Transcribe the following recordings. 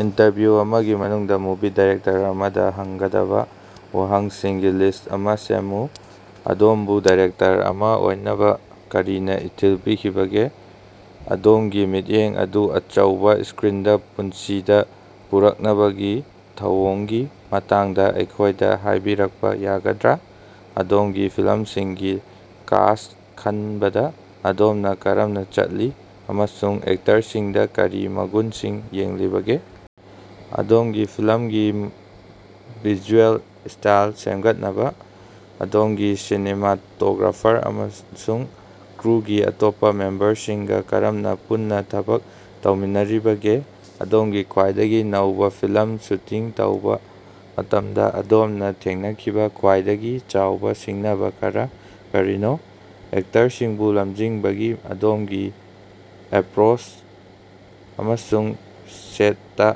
Interview ꯑꯃꯒꯤ ꯃꯅꯨꯡꯗ movie director ꯑꯃꯗ ꯍꯪꯒꯗꯕ ꯋꯥꯍꯪꯁꯤꯡꯒꯤ ꯂꯤꯁ꯭ꯠ ꯑꯃꯥ ꯁꯦꯝꯃꯨ꯫ ꯑꯗꯣꯝꯕꯨ ꯗꯥꯏꯔꯦꯛꯇꯔ ꯑꯃꯥ ꯑꯣꯏꯅꯕ ꯀꯔꯤꯅ ꯏꯊꯤꯜ ꯄꯤꯈꯤꯕꯒꯦ? ꯑꯗꯣꯝꯒꯤ ꯃꯤꯠꯌꯦꯡ ꯑꯗꯨ ꯑꯆꯧꯕ ꯁ꯭ꯀꯔꯤꯟꯗ ꯄꯨꯟꯁꯤꯗ ꯄꯨꯔꯛꯅꯕꯒꯤ ꯊꯧꯑꯣꯡꯒꯤ ꯃꯇꯥꯡꯗ ꯑꯩꯈꯣꯏꯗ ꯍꯥꯏꯕꯤꯔꯛꯄ ꯌꯥꯒꯗ꯭ꯔꯥ? ꯑꯗꯣꯝꯒꯤ ꯐꯤꯂꯝꯁꯤꯡꯒꯤ ꯀꯥꯁ꯭ꯠ ꯈꯟꯕꯗ ꯑꯗꯣꯝꯅ ꯀꯔꯝꯅ ꯆꯠꯂꯤ, ꯑꯃꯁꯨꯡ ꯑꯦꯛꯇꯔꯁꯤꯡꯗ ꯀꯔꯤ ꯃꯒꯨꯟꯁꯤꯡ ꯌꯦꯡꯂꯤꯕꯒꯦ? ꯑꯗꯣꯝꯒꯤ ꯐꯤꯂꯝꯒꯤ ꯚꯤꯖꯨꯑꯦꯜ ꯁ꯭ꯇꯥꯏꯜ ꯁꯦꯝꯒꯠꯅꯕ ꯑꯗꯣꯝꯒꯤ ꯁꯤꯅꯦꯃꯥꯇꯣꯒ꯭ꯔꯥꯐꯥꯔ ꯑꯃꯁꯨꯡ ꯀ꯭ꯔꯨꯒꯤ ꯑꯇꯣꯞꯄ ꯃꯦꯝꯕꯔꯁꯤꯡꯒ ꯀꯔꯝꯅ ꯄꯨꯟꯅ ꯊꯕꯛ ꯇꯧꯃꯤꯟꯅꯔꯤꯕꯒꯦ? ꯑꯗꯣꯝꯒꯤ ꯈ꯭ꯋꯥꯏꯗꯒꯤ ꯅꯧꯕ ꯐꯤꯂꯝ ꯁꯨꯇꯤꯡ ꯇꯧꯕ ꯃꯇꯝꯗ ꯑꯗꯣꯝꯅ ꯊꯦꯡꯅꯈꯤꯕ ꯈ꯭ꯋꯥꯏꯗꯒꯤ ꯆꯥꯎꯕ ꯁꯤꯡꯅꯕ ꯈꯔꯥ ꯀꯔꯤꯅꯣ? ꯑꯦꯛꯇꯔꯁꯤꯡꯕꯨ ꯂꯝꯖꯤꯡꯕꯒꯤ ꯑꯗꯣꯝꯒꯤ ꯑꯦꯄꯔꯣꯆ ꯑꯃꯁꯨꯡ ꯁꯦꯠꯇꯥ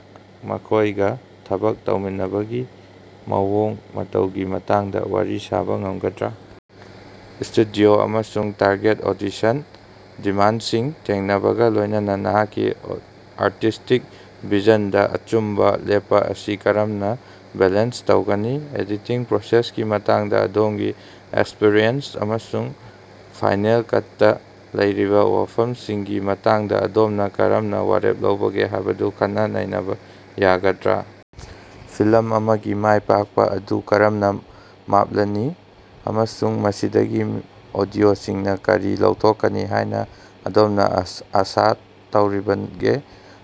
ꯃꯈꯣꯏꯒ ꯊꯕꯛ ꯇꯧꯃꯤꯟꯅꯕꯒꯤ ꯃꯑꯣꯡ ꯃꯇꯧꯒꯤ ꯃꯇꯥꯡꯗ ꯋꯥꯔꯤ ꯁꯥꯕ ꯉꯝꯒꯗ꯭ꯔꯥ? ꯁ꯭ꯇꯨꯗꯤꯑꯣ ꯑꯃꯁꯨꯡ ꯇꯥꯔꯒꯦꯠ ꯑꯣꯗꯤꯁꯟꯒꯤ ꯗꯤꯃꯥꯟꯗꯁꯤꯡ ꯊꯦꯡꯅꯕꯒ ꯂꯣꯏꯅꯅ ꯅꯍꯥꯛꯀꯤ ꯑꯥꯔꯇꯤꯁ꯭ꯇꯤꯛ ꯚꯤꯖꯟꯗ ꯑꯆꯨꯝꯕ ꯂꯦꯞꯄ ꯑꯁꯤ ꯀꯔꯝꯅ ꯕꯦꯂꯦꯟꯁ ꯇꯧꯒꯅꯤ? ꯑꯦꯗꯤꯇꯤꯡ ꯄ꯭ꯔꯣꯁꯦꯁꯀꯤ ꯃꯇꯥꯡꯗ ꯑꯗꯣꯝꯒꯤ ꯑꯦꯛꯁꯄꯔꯤꯌꯦꯟꯁ ꯑꯃꯁꯨꯡ ꯐꯥꯏꯅꯦꯜ ꯀꯠꯇ ꯂꯩꯔꯤꯕ ꯋꯥꯐꯝꯁꯤꯡꯒꯤ ꯃꯇꯥꯡꯗ ꯑꯗꯣꯝꯅ ꯀꯔꯝꯅ ꯋꯥꯔꯦꯞ ꯂꯧꯕꯒꯦ ꯍꯥꯏꯕꯗꯨ ꯈꯟꯅ-ꯅꯩꯅꯕ ꯌꯥꯒꯗ꯭ꯔꯥ? ꯐꯤꯂꯝ ꯑꯃꯒꯤ ꯃꯥꯏ ꯄꯥꯛꯄ ꯑꯗꯨ ꯀꯔꯝꯅ ꯃꯥꯞꯂꯅꯤ ꯑꯃꯁꯨꯡ ꯃꯁꯤꯗꯒꯤ ꯑꯣꯗꯤꯑꯣꯁꯤꯡꯅ ꯀꯔꯤ ꯂꯧꯊꯣꯛꯀꯅꯤ ꯍꯥꯏꯅ ꯑꯗꯣꯝꯅ ꯑꯥꯁ ꯇꯧꯔꯤꯕꯒꯦ?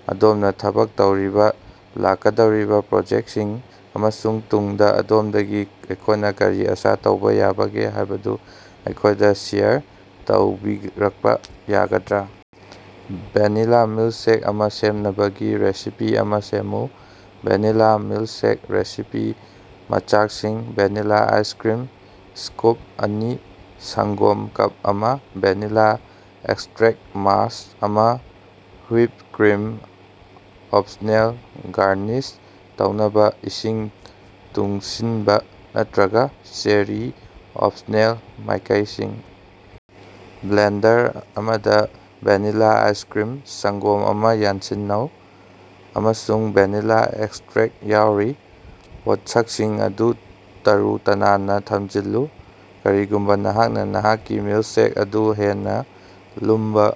ꯑꯗꯣꯝꯅ ꯊꯕꯛ ꯇꯧꯔꯤꯕꯥ ꯂꯥꯛꯀꯗꯧꯔꯤꯕ ꯄ꯭ꯔꯣꯖꯦꯛꯇꯁꯤꯡ ꯑꯃꯁꯨꯡ ꯇꯨꯡꯗ ꯑꯗꯣꯝꯗꯒꯤ ꯑꯩꯈꯣꯏꯅ ꯀꯔꯤ ꯑꯁꯥ ꯇꯧꯕ ꯌꯥꯕꯒꯦ ꯍꯥꯏꯕꯗꯨ ꯑꯩꯈꯣꯏꯗ ꯁꯦꯌꯔ ꯇꯧꯕꯤꯔꯛꯄꯥ ꯌꯥꯒꯗ꯭ꯔꯥ? ꯚꯦꯅꯤꯂꯥ ꯃꯤꯜꯛꯁꯦꯛ ꯑꯃꯥ ꯁꯦꯝꯅꯕꯒꯤ ꯔꯦꯁꯤꯄꯤ ꯑꯃꯥ ꯁꯦꯝꯃꯨ꯫ ꯚꯦꯅꯤꯂꯥ ꯃꯤꯜꯛꯁꯦꯛ ꯔꯦꯁꯤꯄꯤ ꯃꯆꯥꯛꯁꯤꯡ: ꯚꯦꯅꯤꯂꯥ ꯑꯥꯏꯁꯀꯔꯤꯝ ꯁ꯭ꯀꯣꯞ ꯑꯅꯤ ꯁꯪꯒꯣꯝ ꯀꯞ ꯑꯃ ꯚꯦꯅꯤꯂꯥ ꯑꯦꯛꯁꯇꯔꯦꯛ ꯃꯥꯁ ꯑꯃ ꯍꯨꯏꯞ ꯀ꯭ꯔꯤꯝ ꯑꯣꯞꯁꯅꯦꯜ ꯒꯥꯔꯅꯤꯁ ꯇꯧꯅꯕ ꯏꯁꯤꯡ ꯇꯨꯡꯁꯤꯅꯕ ꯅꯠꯇꯔꯒ ꯆꯦꯔꯤ ꯑꯣꯄꯁꯅꯦꯜ ꯃꯥꯏꯀꯩꯁꯤꯡ: ꯕ꯭ꯂꯦꯟꯗꯔ ꯑꯃꯗ ꯚꯦꯅꯤꯂꯥ ꯑꯥꯏꯁꯀꯔꯤꯝ, ꯁꯪꯒꯣꯝ ꯑꯃ ꯌꯥꯟꯁꯤꯟꯅꯧ꯫ ꯑꯃꯁꯨꯡ ꯚꯦꯅꯤꯂꯥ ꯑꯦꯛꯁꯇꯔꯦꯛ ꯌꯥꯎꯔꯤ꯫ ꯄꯣꯠꯁꯛꯁꯤꯡ ꯑꯗꯨ ꯇꯔꯨ-ꯇꯅꯥꯟꯅ ꯊꯝꯖꯤꯜꯂꯨ꯫ ꯀꯔꯤꯒꯨꯝꯕ ꯅꯍꯥꯛꯅ ꯅꯍꯥꯛꯀꯤ ꯃꯤꯜꯁꯦꯛ ꯑꯗꯨ ꯍꯦꯟꯅ ꯂꯨꯝꯕꯥ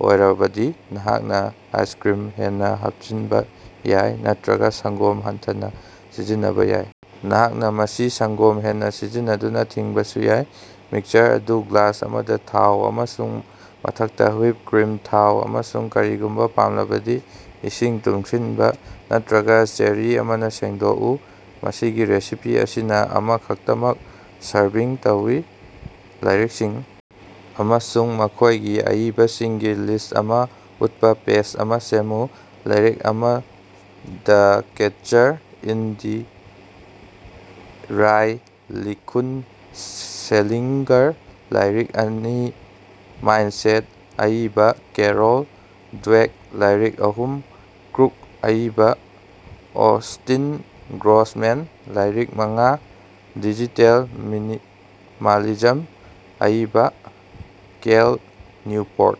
ꯑꯣꯏꯔꯕꯗꯤ, ꯅꯍꯥꯛꯅ ꯑꯥꯏꯁꯀꯔꯤꯝ ꯍꯦꯟꯅ ꯍꯥꯞꯆꯤꯟꯕ ꯌꯥꯏ ꯅꯠꯇꯔꯒ ꯁꯪꯒꯣꯝ ꯍꯟꯊꯅꯥ ꯁꯤꯖꯤꯟꯅꯕ ꯌꯥꯏ꯫ ꯅꯍꯥꯛꯅ ꯃꯁꯤ ꯁꯪꯒꯣꯝ ꯍꯦꯟꯅ ꯁꯤꯖꯤꯟꯅꯗꯨꯅ ꯊꯤꯡꯕꯁꯨ ꯌꯥꯏ꯫ ꯃꯤꯛꯁꯆꯔ ꯑꯗꯨ ꯒ꯭ꯂꯥꯁ ꯑꯃꯗ ꯊꯥꯎ ꯑꯃꯁꯨꯡ ꯃꯊꯛꯇ ꯍꯨꯏꯞ ꯀ꯭ꯔꯤꯝ ꯊꯥꯎ ꯑꯃꯁꯨꯡ ꯀꯔꯤꯒꯨꯝꯕ ꯄꯥꯝꯂꯕꯗꯤ ꯏꯁꯤꯡ ꯇꯨꯡꯁꯤꯅꯕ ꯅꯠꯇꯔꯒ ꯆꯦꯔꯤ ꯑꯃꯅ ꯁꯦꯡꯗꯣꯛꯎ꯫ ꯃꯁꯤꯒꯤ ꯔꯦꯁꯤꯄꯤ ꯑꯁꯤꯅ ꯑꯃꯈꯛꯇꯃꯛ ꯁꯔꯚꯤꯡ ꯇꯧꯏ꯫ ꯂꯥꯏꯔꯤꯛꯁꯤꯡ ꯑꯃꯁꯨꯡ ꯃꯈꯣꯌꯒꯤ ꯑꯏꯕꯁꯤꯡꯒꯤ ꯂꯤꯁ꯭ꯠ ꯑꯃꯥ ꯎꯠꯄ ꯄꯦꯖ ꯑꯃꯥ ꯁꯦꯝꯃꯨ꯫ ꯂꯥꯏꯔꯤꯛ ꯑꯃ: ꯗ ꯀꯦꯆꯔ ꯏꯟ ꯗꯤ ꯔꯥꯏ, ꯂꯤꯈꯨꯟ: ꯁꯦꯂꯤꯡꯒꯔ ꯂꯥꯏꯔꯤꯛ ꯑꯅꯤ: ꯃꯥꯏꯟꯗꯁꯦꯠ, ꯑꯏꯕꯥ: ꯀꯦꯔꯣꯜ ꯗ꯭ꯋꯦꯛ ꯂꯥꯏꯔꯤꯛ ꯑꯍꯨꯝ: ꯀ꯭ꯔꯨꯛ, ꯑꯏꯕꯥ: ꯑꯣꯁ꯭ꯇꯤꯟ ꯒ꯭ꯔꯣꯁꯃꯦꯟ ꯂꯥꯏꯔꯤꯛ ꯃꯉꯥ: ꯗꯤꯖꯤꯇꯦꯜ ꯃꯤꯅꯤꯃꯥꯂꯤꯖꯝ, ꯑꯏꯕꯥ: ꯀꯦꯜ ꯅ꯭ꯌꯨꯄꯣꯔꯠ꯫